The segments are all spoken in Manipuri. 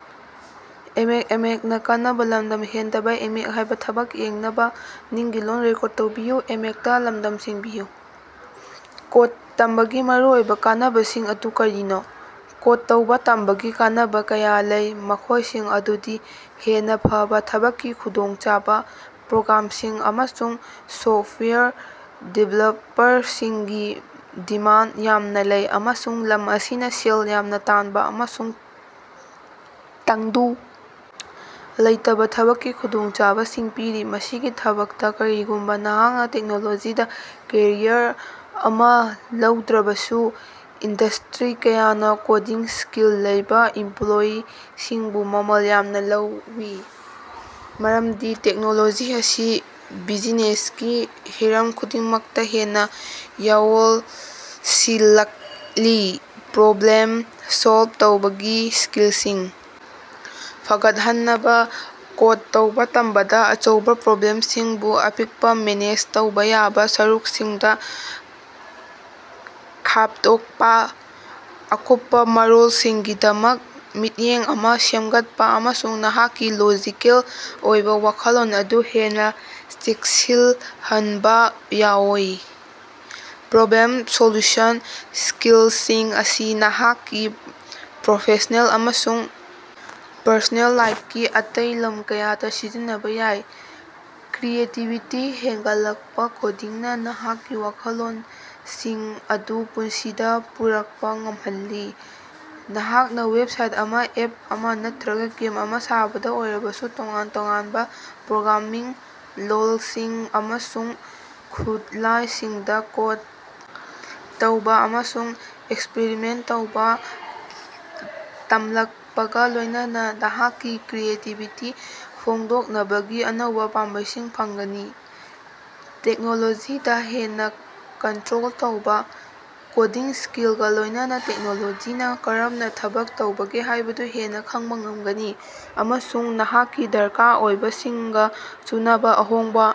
ꯀꯣꯗ ꯇꯝꯕꯒꯤ ꯃꯔꯨꯑꯣꯏꯕ ꯀꯥꯟꯅꯕꯁꯤꯡ ꯑꯗꯨ ꯀꯔꯤꯅꯣ? ꯀꯣꯗ ꯇꯧꯕ ꯇꯝꯕꯒꯤ ꯀꯥꯟꯅꯕ ꯀꯌꯥ ꯂꯩ, ꯃꯈꯣꯏꯁꯤꯡ ꯑꯗꯨꯗꯤ: ꯍꯦꯟꯅ ꯐꯕ ꯊꯕꯛꯀꯤ ꯈꯨꯗꯣꯡꯆꯥꯕ: ꯄ꯭ꯔꯣꯒ꯭ꯔꯥꯝꯁꯤꯡ ꯑꯃꯁꯨꯡ ꯁꯣꯐꯋꯦꯌꯔ ꯗꯤꯕꯦꯂꯞꯔꯁꯤꯡꯒꯤ ꯗꯤꯃꯥꯟꯗ ꯌꯥꯝꯅ ꯂꯩ, ꯑꯃꯁꯨꯡ ꯂꯝ ꯑꯁꯤꯅ ꯁꯦꯜ ꯌꯥꯝꯅ ꯇꯥꯟꯕ ꯑꯃꯁꯨꯡ ꯇꯪꯗꯨ ꯂꯩꯇꯥꯕ ꯊꯕꯛꯀꯤ ꯈꯨꯗꯣꯡꯆꯥꯕꯁꯤꯡ ꯄꯤꯔꯤ꯫ ꯃꯁꯤꯒꯤ ꯃꯊꯛꯇ, ꯀꯔꯤꯒꯨꯝꯕ ꯅꯍꯥꯛꯅ ꯇꯦꯛꯅꯣꯂꯣꯖꯤꯗ ꯀꯦꯔꯤꯌꯔ ꯑꯃ ꯂꯧꯗ꯭ꯔꯕꯁꯨ, ꯏꯟꯗꯁ꯭ꯠꯔꯤ ꯀꯌꯥꯅ ꯀꯣꯗꯤꯡ ꯁ꯭ꯀꯤꯜ ꯂꯩꯕ ꯏꯝꯄꯂꯣꯌꯤꯁꯤꯡꯕꯨ ꯃꯃꯜ ꯌꯥꯝꯅ ꯂꯧꯏ, ꯃꯔꯝꯗꯤ ꯇꯦꯛꯅꯣꯂꯣꯖꯤ ꯑꯁꯤ ꯕꯤꯖꯤꯅꯦꯁꯀꯤ ꯍꯤꯔꯝ ꯈꯨꯗꯤꯡꯃꯛꯇ ꯍꯦꯟꯅ ꯌꯥꯑꯣꯁꯤꯜꯂꯛꯂꯤ꯫ ꯄ꯭ꯔꯣꯕ꯭ꯂꯦꯃ ꯁꯣꯜꯕ ꯇꯧꯕꯒꯤ ꯁ꯭ꯀꯤꯂꯁꯤꯡ ꯐꯒꯠꯍꯅꯕ: ꯀꯣꯗ ꯇꯧꯕ ꯇꯝꯕꯗ ꯑꯆꯧꯕ ꯄ꯭ꯔꯣꯕ꯭ꯂꯦꯃꯁꯤꯡꯕꯨ ꯑꯄꯤꯛꯄ, ꯃꯦꯅꯦꯖ ꯇꯧꯕ ꯌꯥꯕ ꯁꯔꯨꯛꯁꯤꯡꯗ ꯈꯥꯐꯗꯣꯛꯄ, ꯑꯀꯨꯞꯄ ꯃꯔꯣꯜꯁꯤꯡꯒꯤꯗꯃꯛ ꯃꯤꯠꯌꯦꯡ ꯑꯃ ꯁꯦꯝꯒꯠꯄ ꯑꯃꯁꯨꯡ ꯅꯍꯥꯛꯀꯤ ꯂꯣꯖꯤꯀꯦꯜ ꯑꯣꯏꯕ ꯋꯥꯈꯜꯂꯣꯟ ꯑꯗꯨ ꯍꯦꯟꯅ ꯆꯦꯠꯁꯤꯜꯍꯟꯕ ꯌꯥꯑꯣꯏ꯫ ꯄ꯭ꯔꯣꯕ꯭ꯂꯦꯝ ꯁꯣꯜꯌꯨꯁꯟ ꯁ꯭ꯀꯤꯂꯁꯤꯡ ꯑꯁꯤ ꯅꯍꯥꯛꯀꯤ ꯄ꯭ꯔꯣꯐꯦꯁꯅꯦꯜ ꯑꯃꯁꯨꯡ ꯄꯔꯁꯣꯅꯦꯜ ꯂꯥꯏꯐꯀꯤ ꯑꯇꯩ ꯂꯝ ꯀꯌꯥꯗ ꯁꯤꯖꯤꯟꯅꯕ ꯌꯥꯏ꯫ ꯀ꯭ꯔꯤꯌꯦꯇꯤꯕꯤꯇꯤ ꯍꯦꯟꯒꯠꯂꯛꯄ: ꯀꯣꯗꯤꯡꯅ ꯅꯍꯥꯛꯀꯤ ꯋꯥꯈꯜꯂꯣꯅꯁꯤꯡ ꯑꯗꯨ ꯄꯨꯟꯁꯤꯗ ꯄꯨꯔꯛꯄ ꯉꯝꯍꯜꯂꯤ, ꯅꯍꯥꯛꯅ ꯋꯦꯕꯁꯥꯏꯠ ꯑꯃ, ꯑꯦꯞ ꯑꯃꯥ ꯅꯠꯇꯔꯒ ꯒꯦꯝ ꯑꯃ ꯁꯥꯕꯗ ꯑꯣꯏꯔꯕꯁꯨ꯫ ꯇꯣꯉꯥꯟ ꯇꯣꯉꯥꯟꯕ ꯄ꯭ꯔꯣꯒ꯭ꯔꯥꯃꯤꯡ ꯂꯣꯜꯁꯤꯡ ꯑꯃꯁꯨꯡ ꯈꯨꯠꯂꯥꯌꯁꯤꯡꯗ ꯀꯣꯗ ꯇꯧꯕ ꯑꯃꯁꯨꯡ ꯑꯦꯛꯁꯄꯔꯤꯃꯦꯟꯇ ꯇꯧꯕ ꯇꯝꯂꯛꯄꯒ ꯂꯣꯏꯅꯅ ꯅꯍꯥꯛꯀꯤ ꯀ꯭ꯔꯤꯌꯦꯇꯤꯕꯤꯇꯤ ꯐꯣꯡꯗꯣꯛꯅꯕꯒꯤ ꯑꯅꯧꯕ ꯄꯥꯝꯕꯩꯁꯤꯡ ꯐꯪꯒꯅꯤ꯫ ꯇꯦꯛꯅꯣꯂꯣꯖꯤꯗꯥ ꯍꯦꯟꯅ ꯀꯟꯠꯔꯣꯜ ꯇꯧꯕ: ꯀꯣꯗꯤꯡ ꯁ꯭ꯀꯤꯜꯒ ꯂꯣꯏꯅꯅ ꯇꯦꯛꯅꯣꯂꯣꯖꯤꯅ ꯀꯔꯝꯅ ꯊꯕꯛ ꯇꯧꯕꯒꯦ ꯍꯥꯏꯕꯗꯨ ꯍꯦꯟꯅ ꯈꯡꯕ ꯉꯝꯒꯅꯤ ꯑꯃꯁꯨꯡ ꯅꯍꯥꯛꯀꯤ ꯗꯔꯀꯥꯔ ꯑꯣꯏꯕꯁꯤꯡꯒ ꯆꯨꯅꯕ ꯑꯍꯣꯡꯕ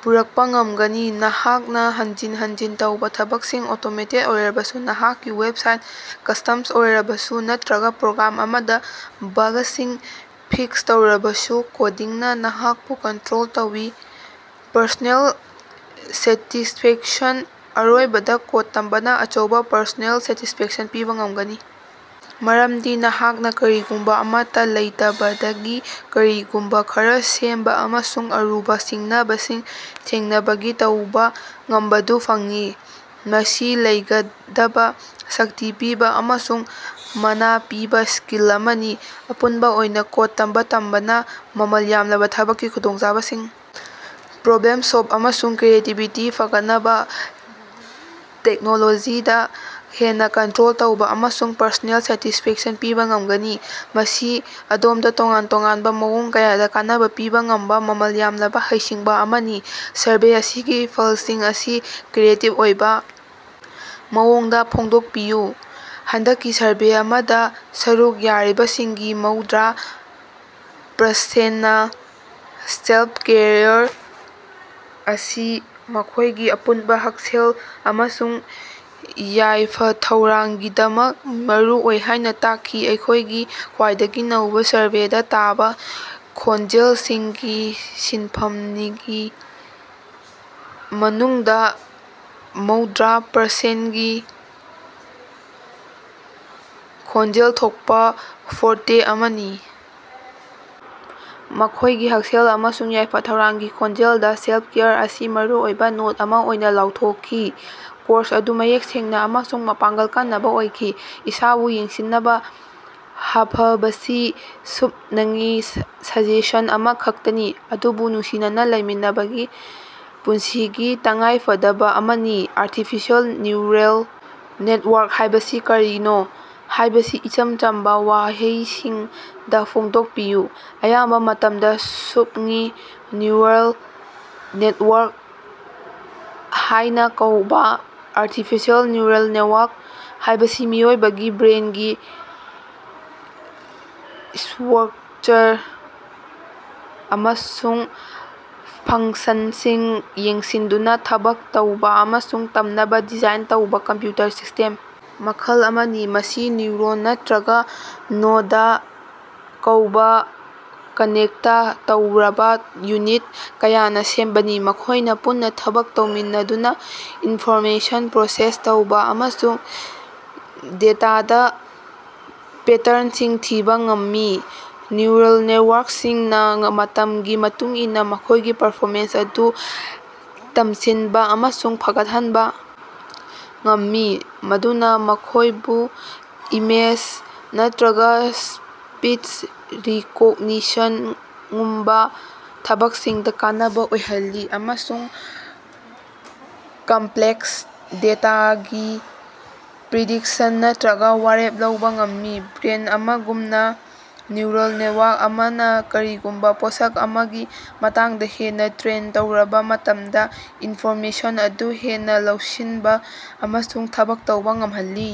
ꯄꯨꯔꯛꯄ ꯉꯝꯒꯅꯤ꯫ ꯅꯍꯥꯛꯅ ꯍꯟꯖꯤꯟ ꯍꯟꯖꯤꯟ ꯇꯧꯕ ꯊꯕꯛꯁꯤꯡ ꯑꯣꯇꯣꯃꯦꯇꯦꯗ ꯑꯣꯏꯔꯕꯁꯨ, ꯅꯍꯥꯛꯀꯤ ꯋꯦꯕꯁꯥꯏꯠ ꯀꯁ꯭ꯇꯃꯁ ꯑꯣꯏꯔꯕꯁꯨ, ꯅꯠꯇꯔꯒ ꯄ꯭ꯔꯣꯒ꯭ꯔꯥꯝ ꯑꯃꯗ ꯕꯥꯒꯁꯤꯡ ꯐꯤꯛꯁ ꯇꯧꯔꯕꯁꯨ, ꯀꯣꯗꯤꯡꯅ ꯅꯍꯥꯛꯄꯨ ꯀꯟꯠꯔꯣꯜ ꯇꯧꯏ꯫ ꯄꯔꯁꯣꯅꯦꯜ ꯁꯦꯇꯤꯁꯐꯦꯛꯁꯟ: ꯑꯔꯣꯏꯕꯗ, ꯀꯣꯗ ꯇꯝꯕꯅ ꯑꯆꯧꯕ ꯄꯔꯁꯣꯅꯦꯜ ꯁꯦꯇꯤꯁꯐꯦꯛꯁꯟ ꯄꯤꯕ ꯉꯃꯒꯅꯤ, ꯃꯔꯃꯗꯤ ꯅꯍꯥꯛꯅ ꯀꯔꯤꯒꯨꯝꯕ ꯑꯃꯠꯇ ꯂꯩꯇꯕꯗꯒꯤ ꯀꯔꯤꯒꯨꯝꯕ ꯈꯔꯥ ꯁꯦꯝꯕ ꯑꯃꯁꯨꯡ ꯑꯔꯨꯕ ꯁꯤꯡꯅꯕꯁꯤꯡ ꯊꯦꯡꯅꯕꯒꯤ ꯇꯧꯕꯥ ꯉꯝꯕꯗꯨ ꯐꯪꯏ꯫ ꯃꯁꯤ ꯂꯩꯒꯗꯕ ꯁꯛꯇꯤ ꯄꯤꯕ ꯑꯃꯁꯨꯡ ꯃꯅꯥ ꯄꯤꯕ ꯁ꯭ꯀꯤꯜ ꯑꯃꯅꯤ꯫ ꯑꯄꯨꯟꯕꯥ ꯑꯣꯏꯅ, ꯀꯣꯗ ꯇꯝꯕ ꯇꯝꯕꯅ ꯃꯃꯜ ꯌꯥꯝꯂꯕ ꯊꯕꯛꯀꯤ ꯈꯨꯗꯣꯡꯆꯥꯕꯁꯤꯡ, ꯄ꯭ꯔꯣꯕ꯭ꯂꯦꯝ ꯁꯣꯜꯕ ꯑꯃꯁꯨꯡ ꯀ꯭ꯔꯤꯌꯦꯇꯤꯕꯤꯇꯤ ꯐꯒꯠꯍꯅꯕ, ꯇꯦꯛꯅꯣꯂꯣꯖꯤꯗ ꯍꯦꯟꯅ ꯀꯟꯠꯔꯣꯜ ꯇꯧꯕ, ꯑꯃꯁꯨꯡ ꯄꯔꯁꯣꯅꯦꯜ ꯁꯦꯇꯤꯁꯐꯦꯛꯁꯟ ꯄꯤꯕ ꯉꯃꯒꯅꯤ꯫ ꯃꯁꯤ ꯑꯗꯣꯝꯗ ꯇꯣꯉꯥꯟ ꯇꯣꯉꯥꯟꯕ ꯃꯑꯣꯡ ꯀꯌꯥꯗ ꯀꯥꯟꯅꯕ ꯄꯤꯕ ꯉꯝꯕ ꯃꯃꯜ ꯌꯥꯝꯂꯕ ꯍꯩꯁꯤꯡꯕ ꯑꯃꯅꯤ꯫ ꯁꯔꯚꯦ ꯑꯁꯤꯒꯤ ꯐꯂꯁꯤꯡ ꯑꯁꯤ ꯀ꯭ꯔꯤꯌꯦꯇꯤꯕ ꯑꯣꯏꯕ ꯃꯑꯣꯡꯗ ꯐꯣꯡꯗꯣꯀꯄꯤꯌꯨ꯫ ꯍꯟꯗꯛꯀꯤ ꯁꯔꯚꯦ ꯑꯃꯗ ꯁꯔꯨꯛ ꯌꯥꯔꯤꯕꯁꯤꯡꯒꯤ ꯃꯧꯗ꯭ꯔꯥ ꯄꯔꯁꯦꯟꯅꯥ ꯁꯦꯜꯐ-ꯀꯦꯌꯔ ꯑꯁꯤ ꯃꯈꯣꯏꯒꯤ ꯑꯄꯨꯟꯕ ꯍꯛꯁꯦꯜ ꯑꯃꯁꯨꯡ ꯌꯥꯏꯐ-ꯊꯧꯔꯥꯡꯒꯤꯗꯃꯛ ꯃꯔꯨꯑꯣꯏ ꯍꯥꯏꯅ ꯇꯥꯛꯈꯤ꯫ ꯑꯩꯈꯣꯏꯒꯤ ꯈ꯭ꯋꯥꯏꯗꯒꯤ ꯅꯧꯕ ꯁꯔꯚꯦꯗ ꯇꯥꯕ ꯈꯣꯟꯖꯦꯂꯁꯤꯡꯒꯤ ꯁꯤꯝꯐꯅꯤꯒꯤ ꯃꯅꯨꯡꯗ ꯃꯧꯗ꯭ꯔ ꯄꯔꯁꯦꯟꯒꯤ ꯈꯣꯟꯖꯦꯜ ꯊꯣꯛꯄ ꯐꯣꯔꯇꯦ ꯑꯃꯅ ꯃꯈꯣꯏꯒꯤ ꯍꯛꯁꯦꯜ ꯑꯃꯁꯨꯡ ꯌꯥꯏꯐ-ꯊꯧꯔꯥꯡꯒꯤ ꯈꯣꯟꯖꯦꯜꯗ ꯁꯦꯜꯐ-ꯀꯦꯌꯔ ꯑꯁꯤ ꯃꯔꯨꯑꯣꯏꯕ ꯅꯣꯠ ꯑꯃ ꯑꯣꯏꯅ ꯂꯥꯎꯊꯣꯜꯈꯤ꯫ ꯀꯣꯔꯁ ꯑꯗꯨ ꯃꯌꯦꯛ ꯁꯦꯡꯅ ꯑꯃꯁꯨꯡ ꯃꯄꯥꯡꯒꯜ ꯀꯅꯕ ꯑꯣꯏꯈꯤ; ꯏꯁꯥꯕꯨ ꯌꯦꯡꯁꯤꯅꯕ ꯍꯥꯐꯕꯁꯤ ꯁꯨꯞꯅꯉꯤ ꯁꯖꯦꯁꯟ ꯑꯃꯈꯛꯇꯅꯤ, ꯑꯗꯨꯕꯨ ꯅꯨꯡꯁꯤꯅꯅ ꯂꯩꯃꯤꯟꯅꯕꯒꯤ ꯄꯨꯟꯁꯤꯒꯤ ꯇꯉꯥꯏꯐꯗꯕꯥꯑꯃꯅꯤ꯫ ꯑꯥꯔꯇꯤꯐꯤꯁꯤꯑꯦꯜ ꯅ꯭ꯌꯨꯔꯜ ꯅꯦꯇꯋꯥꯔꯛ ꯍꯥꯌꯕꯁꯤ ꯀꯔꯤꯅꯣ ꯍꯥꯌꯕꯁꯤ ꯏꯆꯝ ꯆꯝꯕ ꯋꯥꯍꯩꯁꯤꯡꯗ ꯐꯣꯡꯗꯣꯛꯄꯤꯌꯨ꯫ ꯑꯌꯥꯝꯕ ꯃꯇꯝꯗ ꯁꯨꯞꯉꯤ "ꯅ꯭ꯌꯨꯔꯜ ꯅꯦꯇꯋꯥꯔꯛ" ꯍꯥꯏꯅ ꯀꯧꯕ ꯑꯥꯔꯇꯤꯐꯤꯁꯤꯑꯦꯜ ꯅ꯭ꯌꯨꯔꯜ ꯅꯦꯠꯋꯥꯔꯛ ꯍꯥꯏꯕꯁꯤ ꯃꯤꯑꯣꯏꯕꯒꯤ ꯕ꯭ꯔꯦꯟꯒꯤ ꯏꯁ꯭ꯠꯔꯛꯆꯔ ꯑꯃꯁꯨꯡ ꯐꯡꯁꯟꯁꯤꯡ ꯌꯦꯡꯁꯤꯟꯗꯨꯅ ꯊꯕꯛ ꯇꯧꯕ ꯑꯃꯁꯨꯡ ꯇꯝꯅꯕ ꯗꯤꯖꯥꯏꯟ ꯇꯧꯕ ꯀꯝꯄꯌꯨꯇꯔ ꯁꯤꯁ꯭ꯇꯦꯝ ꯃꯈꯜ ꯑꯃꯅꯤ꯫ ꯃꯁꯤ ꯅ꯭ꯌꯨꯔꯣꯟ ꯅꯠꯇꯔꯒ ꯅꯣꯗ ꯀꯧꯕ ꯀꯅꯦꯛꯇ ꯇꯧꯔꯕ ꯌꯨꯅꯤꯠ ꯀꯌꯥꯅ ꯁꯦꯝꯕꯅꯤ, ꯃꯈꯣꯏꯅ ꯄꯨꯟꯅ ꯊꯕꯛ ꯇꯧꯃꯤꯟꯅꯗꯨꯅ ꯏꯟꯐꯣꯔꯃꯦꯁꯟ ꯄ꯭ꯔꯣꯁꯦꯁ ꯇꯧꯕ ꯑꯃꯁꯨꯡ ꯗꯦꯇꯥꯗ ꯄꯦꯇꯔꯟꯁꯤꯡ ꯊꯤꯕ ꯉꯝꯃꯤ꯫ ꯅ꯭ꯌꯨꯔꯜ ꯅꯦꯇꯋꯥꯔꯛꯁꯤꯡꯅ ꯃꯇꯝꯒꯤ ꯃꯇꯨꯡꯏꯟꯅ ꯃꯈꯣꯏꯒꯤ ꯄꯔꯐꯣꯃꯦꯟꯁ ꯑꯗꯨ ꯇꯝꯁꯤꯟꯕꯥꯑꯃꯁꯨꯡ ꯐꯒꯠꯍꯟꯕ ꯉꯝꯃꯤ, ꯃꯗꯨꯅ ꯃꯈꯣꯐꯕꯨ ꯏꯃꯦꯖ ꯅꯠꯇꯔꯒ ꯁ꯭ꯄꯤꯆ ꯔꯤꯀꯣꯒꯅꯤꯁꯉꯨꯝꯕ ꯊꯕꯛꯁꯤꯡꯗ ꯀꯥꯟꯅꯕ ꯑꯣꯏꯍꯜꯂꯤ, ꯑꯃꯁꯨꯡ ꯀꯝꯄꯂꯦꯛꯁ ꯗꯦꯇꯥꯗꯒꯤ ꯄ꯭ꯔꯤꯗꯤꯛꯁꯟ ꯅꯠꯇꯔꯒꯥ ꯋꯥꯔꯦꯞ ꯂꯧꯕ ꯉꯝꯃꯤ꯫ ꯕ꯭ꯔꯦꯟ ꯑꯃꯒꯨꯝꯅ, ꯅ꯭ꯌꯨꯔꯜ ꯅꯦꯇꯋꯥꯔꯛ ꯑꯃꯅꯥ ꯀꯔꯤꯒꯨꯝꯕ ꯄꯣꯠꯁꯛ ꯑꯃꯒꯤ ꯃꯇꯥꯡꯗ ꯍꯦꯟꯅ ꯇ꯭ꯔꯦꯟ ꯇꯧꯔꯕ ꯃꯇꯝꯗ, ꯏꯟꯐꯣꯔꯃꯦꯁꯟ ꯑꯗꯨꯕꯨ ꯍꯦꯟꯅ ꯂꯧꯁꯤꯟꯕ ꯑꯃꯁꯨꯡ ꯊꯕꯛ ꯇꯧꯕ ꯉꯃꯍꯜꯂꯤ꯫